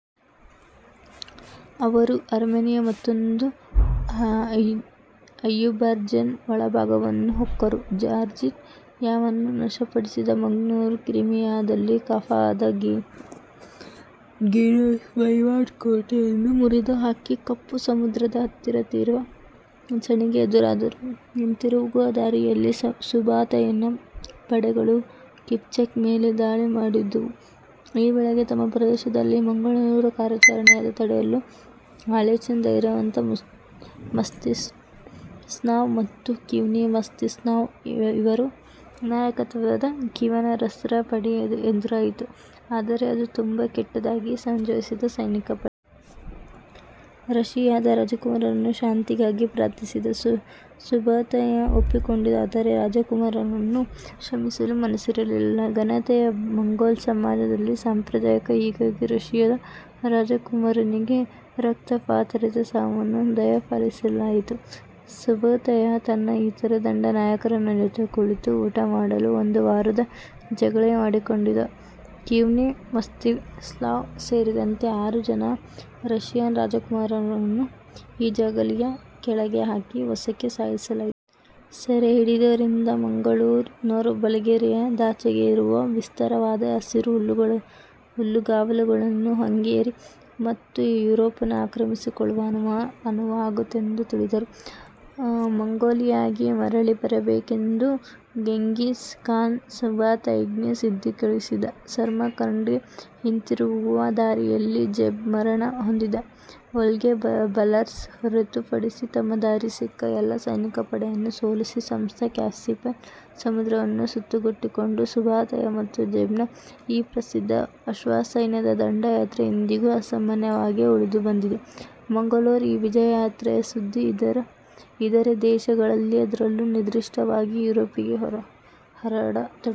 ಅವರು ಆರ್ಮೇನಿಯಾ ಮತ್ತು ಅಝೆರ್ಬೈಜಾನ್ನ ಒಳಭಾಗಗಳನ್ನು ಹೊಕ್ಕರು. ಜಾರ್ಜಿಯಾವನ್ನು ನಾಶಪಡಿಸಿದ ಮಂಗೋಲರು ಕ್ರಿಮಿಯಾದಲ್ಲಿ ಕಾಫಾದ ಗಿನೋಯಿಸ್ ವಹಿವಾಟು ಕೋಟೆಯನ್ನು ಮುರಿದು ಹಾಕಿ ಕಪ್ಪು ಸಮುದ್ರದ ಹತ್ತಿರ ತೀವ್ರ ಚಳಿಗೆ ಎದುರಾದರು. ಹಿಂತಿರುಗುವ ದಾರಿಯಲ್ಲಿ ಸುಬುತಾಯ್ನ ಪಡೆಗಳು ಕಿಪ್ಚಕ್ ಮೇಲೆ ದಾಳಿ ಮಾಡಿದವು, ಈ ವೇಳೆಗೆ ತಮ್ಮ ಪ್ರದೇಶದಲ್ಲಿ ಮಂಗೋಲರ ಕಾರ್ಯಾಚರಣೆಯನ್ನು ತಡೆಯಲು ಹಾಲಿಚ್ನ ಧೈರ್ಯವಂತ ಮಸ್ತಿಸ್ಲಾವ್ ಮತ್ತು ಕೀವ್ನ ಮಸ್ತಿಸ್ಲಾವ್ ಇವರ ನಾಯಕತ್ವದ ಕೀವನ್ ರಸ್ರ ಪಡೆ ಎದುರಾಯಿತು, ಆದರೆ ಅದು ತುಂಬಾ ಕೆಟ್ಟದಾಗಿ ಸಂಯೋಜಿಸಿದ್ದ ಸೈನಿಕ ಪಡೆ. ರಷಿಯಾದ ರಾಜಕುಮಾರ ಶಾಂತಿಗಾಗಿ ಪ್ರಾರ್ಥಿಸಿದ. ಸುಬುತಾಯ್ ಒಪ್ಪಿಕೊಂಡ ಆದರೆ ರಾಜಕುಮಾರನನ್ನು ಕ್ಷಮಿಸುವ ಮನಸ್ಸಿರಲಿಲ್ಲ. ಘನತೆಯ ಮಂಗೋಲ್ ಸಮಾಜದಲ್ಲಿ ಸಾಂಪ್ರದಾಯಿಕ, ಹೀಗಾಗಿ ರಷಿಯಾದ ರಾಜಕುಮಾರನಿಗೆ ರಕ್ತಪಾತರಹಿತ ಸಾವನ್ನು ದಯಪಾಲಿಸಲಾಯಿತು. ಸುಬುತಾಯ್ ತನ್ನ ಇತರೆ ದಂಡನಾಯಕರ ಜೊತೆ ಕುಳಿತು ಊಟ ಮಾಡಲು ಒಂದು ಮರದ ಜಗಲಿ ಮಾಡಿಕೊಂಡಿದ್ದ. ಕೀವ್ನ ಮಸ್ತಿಸ್ಲಾವ್ ಸೇರಿದಂತೆ ಆರು ಜನ ರಷಿಯನ್ ರಾಜಕುಮಾರರನ್ನು ಈ ಜಗಲಿಯ ಕೆಳಗೆ ಹಾಕಿ ಒಸಕಿ ಸಾಯಿಸಲಾಯಿತು. ಸೆರೆಹಿಡಿದವರಿಂದ ಮಂಗೋಲರು ಬಲ್ಗೇರಿಯಾದಾಚೆಗೆ ಇರುವ ವಿಸ್ತಾರವಾದ ಹಸಿರು ಹುಲ್ಲುಗಾವಲುಗಳು ಹಂಗೇರಿ ಮತ್ತು ಯೂರೋಪನ್ನು ಆಕ್ರಮಿಸಿಕೊಳ್ಳಲು ಅನುವಾಗುತ್ತವೆಂದು ತಿಳಿದರು. ಮಂಗೋಲಿಯಾಗೆ ಮರಳಿ ಬರಬೇಕೆಂದು ಗೆಂಘಿಸ್ ಖಾನ್ ಸುಬುತಾಯ್ಗೆ ಸುದ್ದಿ ಕಳುಹಿಸಿದ, ಸಮರ್ಕಂಡ್ಗೆ ಹಿಂತಿರುಗುವ ದಾರಿಯಲ್ಲಿ ಜೆಬ್ ಮರಣ ಹೊಂದಿದ. ವೊಲ್ಗಾ ಬಲ್ಗರ್ಸ್ ಹೊರತು ಪಡಿಸಿ ತಮ್ಮ ದಾರಿಯಲ್ಲಿ ಸಿಕ್ಕ ಎಲ್ಲಾ ಸೈನಿಕಪಡೆಗಳನ್ನು ಸೋಲಿಸಿ ಸಮಸ್ತ ಕ್ಯಾಸ್ಪಿಯನ್ ಸಮುದ್ರವನ್ನು ಸುತ್ತುಗಟ್ಟಿಕೊಂಡ ಸುಬುತಾಯ್ ಮತ್ತು ಜೆಬ್ನ ಈ ಪ್ರಸಿದ್ಧ ಅಶ್ವಸೈನ್ಯದ ದಂಡಯಾತ್ರೆ ಇಂದಿಗೂ ಅಸಾಮಾನ್ಯವಾಗೇ ಉಳಿದು ಬಂದಿದೆ, ಮಂಗೋಲರ ಈ ವಿಜಯ ಯಾತ್ರೆಯ ಸುದ್ಧಿ ಇದರೆ ದೇಶಗಳಿಗೆ ಅದರಲ್ಲೂ ನಿರ್ಧಿಷ್ಟವಾಗಿ ಯೂರೋಪಿಗೆ ಹರಡತೊಡಗಿತು..